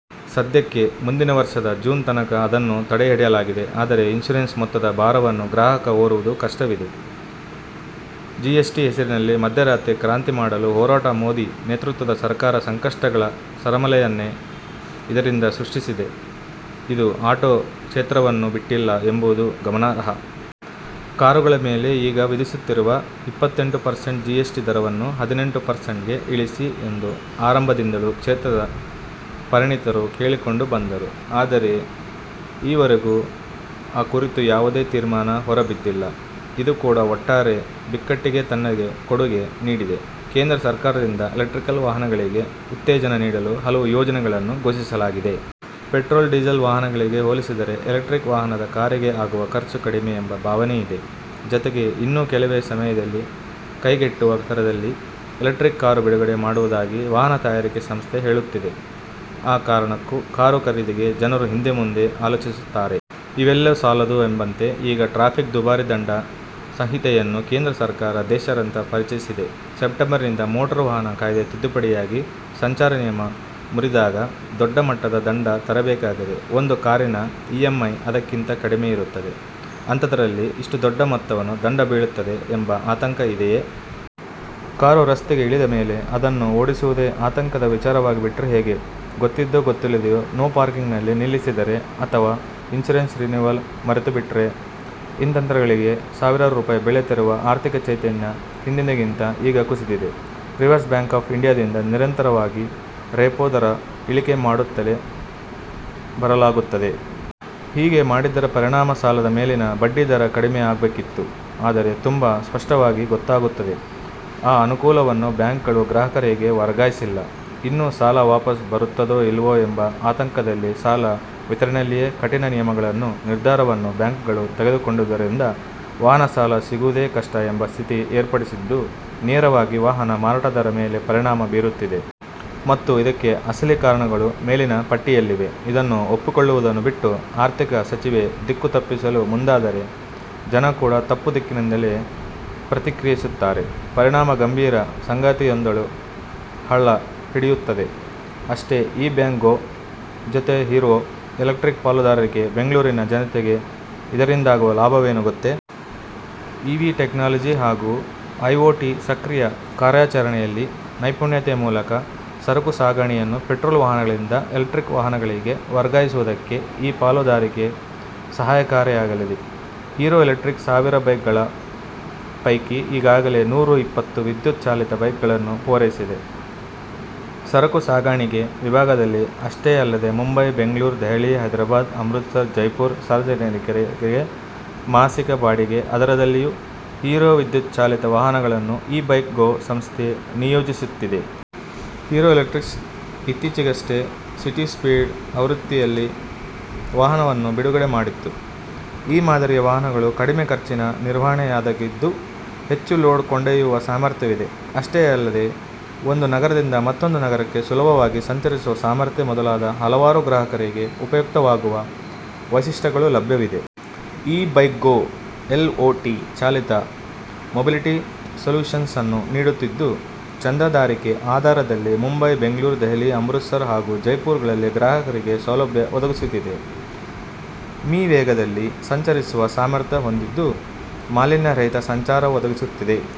ಸದ್ಯಕ್ಕೆ ಮುಂದಿನ ವರ್ಷದ ಜೂನ್ ತನಕ ಅದನ್ನು ತಡೆಹಿಡಿಯಲಾಗಿದೆ. ಆದರೆ ಇನ್ಷೂರೆನ್ಸ್ ಮೊತ್ತದ ಭಾರವನ್ನು ಗ್ರಾಹಕ ಹೊರುವುದು ಕಷ್ಟವಿದೆ. ಜಿಎಸ್ಟಿ ಹೆಸರಿನಲ್ಲಿ ಮಧ್ಯರಾತ್ರಿ ಕ್ರಾಂತಿ ಮಾಡಲು ಹೊರಟ ಮೋದಿ ನೇತೃತ್ವದ ಸರಕಾರ ಸಂಕಷ್ಟಗಳ ಸರಮಾಲೆಯನ್ನೇ ಇದರಿಂದ ಸೃಷ್ಟಿಸಿದೆ. ಇದು ಆಟೋ ಕ್ಷೇತ್ರವನ್ನೂ ಬಿಟ್ಟಿಲ್ಲ ಎಂಬುದು ಗಮನಾರ್ಹ. ಕಾರುಗಳ ಮೇಲೆ ಈಗ ವಿಧಿಸುತ್ತಿರುವ ಇಪ್ಪತ್ತೆಂಟು ಪರ್ಸೆಂಟ್ ಜಿಎಸ್ ಟಿ ದರವನ್ನು ಹದಿನೆಂಟು ಪರ್ಸೆಂಟ್ಗೆ ಇಳಿಸಿ ಎಂದು ಆರಂಭದಿಂದಲೂ ಕ್ಷೇತ್ರದ ಪರಿಣಿತರು ಕೇಳಿಕೊಂಡು ಬಂದರು. ಆದರೆ ಈವರೆಗೂ ಆ ಕುರಿತು ಯಾವುದೇ ತೀರ್ಮಾನ ಹೊರಬಿದ್ದಿಲ್ಲ. ಇದು ಕೂಡ ಒಟ್ಟಾರೆ ಬಿಕ್ಕಟ್ಟಿಗೆ ತನ್ನದೇ ಕೊಡುಗೆ ನೀಡಿದೆ. ಕೇಂದ್ರ ಸರಕಾರದಿಂದ ಎಲೆಕ್ಟ್ರಿಕ್ ವಾಹನಗಳಿಗೆ ಉತ್ತೇಜನ ನೀಡಲು ಹಲವು ಯೋಜನೆಗಳನ್ನು ಘೋಷಿಸಲಾಗಿದೆ. ಪೆಟ್ರೋಲ್ ೀಸೆಲ್ ವಾಹನಗಳಿಗೆ ಹೋಲಿಸಿದರೆ ಎಲೆಕ್ಟ್ರಿಕಲ್ ವಾಹನದ ಕಾರಿಗೆ ಆಗುವ ಖರ್ಚು ಕಡಿಮೆ ಎಂಬ ಭಾವನೆ ಇದೆ. ಜತೆಗೆ ಇನ್ನು ಕೆಲವೇ ಸಮಯದಲ್ಲಿ ಕೈಗೆಟುಕುವ ದರದಲ್ಲಿ ಎಲೆಕ್ಟ್ರಿಕಲ್ ಕಾರು ಬಿಡುಗಡೆ ಮಾಡುವುದಾಗಿ ವಾಹನ ತಯಾರಿಕೆ ಸಂಸ್ಥೆಗಳು ಹೇಳುತ್ತಿವೆ. ಆ ಕಾರಣಕ್ಕೂ ಕಾರು ಖರೀದಿಗೆ ಜನರು ಹಿಂದೆ- ಮುಂದೆ ಆಲೋಚಿಸುತ್ತಿದ್ದಾರೆ. ಇವೆಲ್ಲವೂ ಸಾಲದು ಎಂಬಂತೆ ಈಗ ಟ್ರಾಫಿಕ್ ದುಬಾರಿ ದಂಡ ಸಂಹಿತೆಯನ್ನು ಕೇಂದ್ರ ಸರಕಾರ ದೇಶಾದ್ಯಂರ ಪರಿಚಯಿಸಿದೆ. ಸೆಪ್ಟೆಂಬರ್ನಿಂದ ಮೋಟಾರು ವಾಹನ ಕಾಯ್ದೆ ತಿದ್ದುಪಡಿಯಾಗಿ, ಸಂಚಾರ ನಿಯಮ ಮುರಿದಾಗ ದೊಡ್ಡ ಮಟ್ಟದ ದಂಡ ತೆರಬೇಕಾಗಿದೆ. ಒಂದು ಕಾರಿನ ಇಎಂಐ ಅದಕ್ಕಿಂತ ಕಡಿಮೆ ಇರುತ್ತದೆ. ಅಂಥದ್ದರಲ್ಲಿ ಇಷ್ಟು ದೊಡ್ಡ ಮೊತ್ತದ ದಂಡ ಬೀಳುತ್ತದೆ ಎಂಬ ಆತಂಕ ಇದ್ದೇ ಇದೆ. ಕಾರು ರಸ್ತೆಗೆ ಇಳಿದ ಮೇಲೆ ಅದನ್ನು ಓಡಿಸುವುದೇ ಆತಂಕದ ವಿಚಾರವಾಗಿಬಿಟ್ಟರೆ ಹೇಗೆ? ಗೊತ್ತಿದ್ದೋ ಗೊತ್ತಿಲ್ಲದೆಯೋ ನೋ ಪಾರ್ಕಿಂಗ್ ನಲ್ಲಿ ನಿಲ್ಲಿಸಿದ್ದರೆ ಅಥವಾ ಇನ್ಷೂರೆನ್ಸ್ ರಿನೀವಲ್ ಮರೆತು ಬಿಟ್ಟಿದ್ದರೆ ಇಂಥ 'ರೆ'ಗಳಿಗೆ ಸಾವಿರಾರು ರೂಪಾಯಿ ಬೆಲೆ ತೆರುವ ಆರ್ಥಿಕ ಚೈತನ್ಯ ಹಿಂದೆಂದಿಗಿಂತ ಈಗ ಕುಸಿದಿದೆ. ರಿಸರ್ವ್ ಬ್ಯಾಂಕ್ ಆಫ್ ಇಂಡಿಯಾದಿಂದ ನಿರಂತರವಾಗಿ ರೆಪೋ ದರ ಇಳಿಕೆ ಮಾಡುತ್ತಲೇ ಬರಲಾಗುತ್ತದೆ. ಹೀಗೆ ಮಾಡಿದ್ದರ ಪರಿಣಾಮ ಸಾಲದ ಮೇಲಿನ ಬಡ್ಡಿ ದರ ಕಡಿಮೆ ಆಗಬೇಕಿತ್ತು. ಆದರೆ ತುಂಬ ಸ್ಪಷ್ಟವಾಗಿ ಗೊತ್ತಾಗುತ್ತದೆ, ಆ ಅನುಕೂಲವನ್ನು ಬ್ಯಾಂಕ್ ಗಳು ಗ್ರಾಹಕರಿಗೆ ವರ್ಗಾಯಿಸಿಲ್ಲ. ಇನ್ನು ಸಾಲ ವಾಪಸ್ ಬರುತ್ತದೋ ಇಲ್ಲವೋ ಎಂಬ ಆತಂಕದಲ್ಲಿ ಸಾಲ ವಿತರಣೆಯಲ್ಲೇ ಕಠಿಣ ನಿಯಮಗಳನ್ನು, ನಿರ್ಧಾರವನ್ನು ಬ್ಯಾಂಕ್ ಗಳು ತೆಗೆದುಕೊಂಡಿರುವುದರಿಂದ ವಾಹನ ಸಾಲ ಸಿಗುವುದೇ ಕಷ್ಟ ಎಂಬ ಸ್ಥಿತಿ ಏರ್ಪಟ್ಟಿದ್ದು, ನೇರವಾಗಿ ವಾಹನ ಮಾರಾಟದ ಮೇಲೆ ಪರಿಣಾಮ ಬೀರುತ್ತಿದೆ. ಮತ್ತು, ಇದಕ್ಕೆ ಅಸಲಿ ಕಾರಣಗಳು ಮೇಲಿನ ಪಟ್ಟಿಯಲ್ಲಿವೆ. ಇದನ್ನು ಒಪ್ಪಿಕೊಳ್ಳುವುದನ್ನು ಬಿಟ್ಟು ಆರ್ಥಿಕ ಸಚಿವೆ ದಿಕ್ಕು ತಪ್ಪಿಸಲು ಮುಂದಾದರೆ, ಜನ ಕೂಡ ತಪ್ಪು ದಿಕ್ಕಿನಿಂದಲೇ ಪ್ರತಿಕ್ರಿಯಿಸುತ್ತಾರೆ. ಪರಿಣಾಮ ಗಂಭೀರ ಸಂಗತಿಯೊಂದು ಹಳ್ಳ ಹಿಡಿಯುತ್ತದೆ, ಅಷ್ಟೆ. ಇ-ಬೈಕ್-ಗೋ ಜೊತೆಗೆ ಹಿರೋ ಎಲೆಕ್ಟ್ರಿಕ್ ಪಾಲುದಾರಿಕೆಗೆ ಬೆಂಗಳೂರಿನ ಜನತೆಗೆ ಇದರಿಂದಾಗುವ ಲಾಭವೇನು ಗೊತ್ತೇ? ಇವಿ ಟೆಕ್ನಾಲಜಿ ಹಾಗೂ ಐಒಟಿ ಸಕ್ರಿಯ ಕಾರ್ಯಾಚರಣೆಯಲ್ಲಿ ನೈಪುಣ್ಯತೆಯ ಮೂಲಕ ಸರಕು ಸಾಗಣಿಗೆಯನ್ನು ಪೆಟ್ರೋಲ್ ವಾಹನಗಳಿಂದ ಎಲೆಕ್ಟ್ರಿಕ್ ವಾಹನಗಳಿಗೆ ವರ್ಗಾಯಿಸುವುದಕ್ಕೆ ಈ ಪಾಲುದಾರಿಕೆ ಸಹಕಾರಿಯಾಗಲಿದೆ ಹಿರೋ ಎಲೆಕ್ಟ್ರಿಕ್ ಸಾವಿರ ಬೈಕ್ ಗಳ ಪೈಕಿ ಈಗಾಗಲೇ ನೂರ ಇಪ್ಪತ್ತು ವಿದ್ಯುತ್ ಚಾಲಿತ ಬೈಕ್ ಗಳನ್ನು ಪೂರೈಸಿದೆ. ಸರಕು ಸಾಗಾಣಿಗೆ ವಿಭಾಗದಲ್ಲಿ ಅಷ್ಟೇ ಅಲ್ಲದೇ ಮುಂಬೈ, ಬೆಂಗಳೂರು, ದೆಹಲಿ, ಹೈದರಾಬಾದ್ ಅಮೃತ್ ಸರ, ಜೈಪುರಗಳಲ್ಲಿ ಸಾರ್ವಜನಿಕರಿಗೆ ಮಾಸಿಕ ಬಾಡಿಗೆ ಆಧಾರದಲ್ಲಿಯೂ ಹಿರೋ ವಿದ್ಯುತ್ ಚಾಲಿತ ವಾಹನಗಳನ್ನು ಇ ಬೈಕ್ ಗೋ ಸಂಸ್ಥೆ ನಿಯೋಜಿಸುತ್ತಿದೆ. ಹಿರೋ ಎಲೆಟ್ರಿಕ್ಸ್ ಇತ್ತೀಚೆಗಷ್ಟೇ ಸಿಟಿ ಸ್ಪೀಡ್ ಆವೃತ್ತಿಯಲ್ಲಿ ವಾಹನವನ್ನು ಬಿಡುಗಡೆ ಮಾಡಿತ್ತು. ಈ ಮಾದರಿಯ ವಾಹನಗಳು ಕಡಿಮೆ ಖರ್ಚಿನ ನಿರ್ವಹಣೆಯದ್ದಾಗಿದ್ದು, ಹೆಚ್ಚು ಲೋಡ್ ಕೊಂಡೊಯ್ಯುವ ಸಾಮರ್ಥ್ಯವಿದೆ. ಅಷ್ಟೇ ಅಲ್ಲದೇ ಒಂದು ನಗರದಿಂದ ಮತ್ತೊಂದು ನಗರಕ್ಕೆ ಸುಲಭವಾಗಿ ಸಂಚರಿಸುವ ಸಾಮರ್ಥ್ಯ ಮೊದಲಾದ ಹಲವಾರು ಗ್ರಾಹಕರಿಗೆ ಉಪಯುಕ್ತವಾಗುವ ವೈಶಿಷ್ಟ್ಯಗಳು ಲಭ್ಯವಿದೆ. ಇ ಬೈಕ್ ಗೋ ಎಲ್ಒಟಿ ಚಾಲಿತ ಮೊಬಿಲಿಟಿ ಸೊಲ್ಯೂಷನ್ ನ್ನು ನೀಡುತ್ತಿದ್ದು, ಚಂದಾದಾರಿಕೆ ಆಧಾರದಲ್ಲಿ ಮುಂಬೈ, ಬೆಂಗಳೂರು, ದೆಹಲಿ ಅಮೃತ್ ಸರ್ ಹಾಗೂ ಜೈಪುರ್ ಗಳಲ್ಲಿ ಗ್ರಾಹಕರಿಗೆ ಸೌಲಭ್ಯ ಒದಗಿಸುತ್ತಿದೆ. ಮೀ ವೇಗದಲ್ಲಿ ಸಂಚರಿಸುವ ಸಾಮರ್ಥ್ಯ ಹೊಂದಿದ್ದು, ಮಾಲಿನ್ಯ ರಹಿತ ಸಂಚಾರ ಒದಗಿಸುತ್ತದೆ.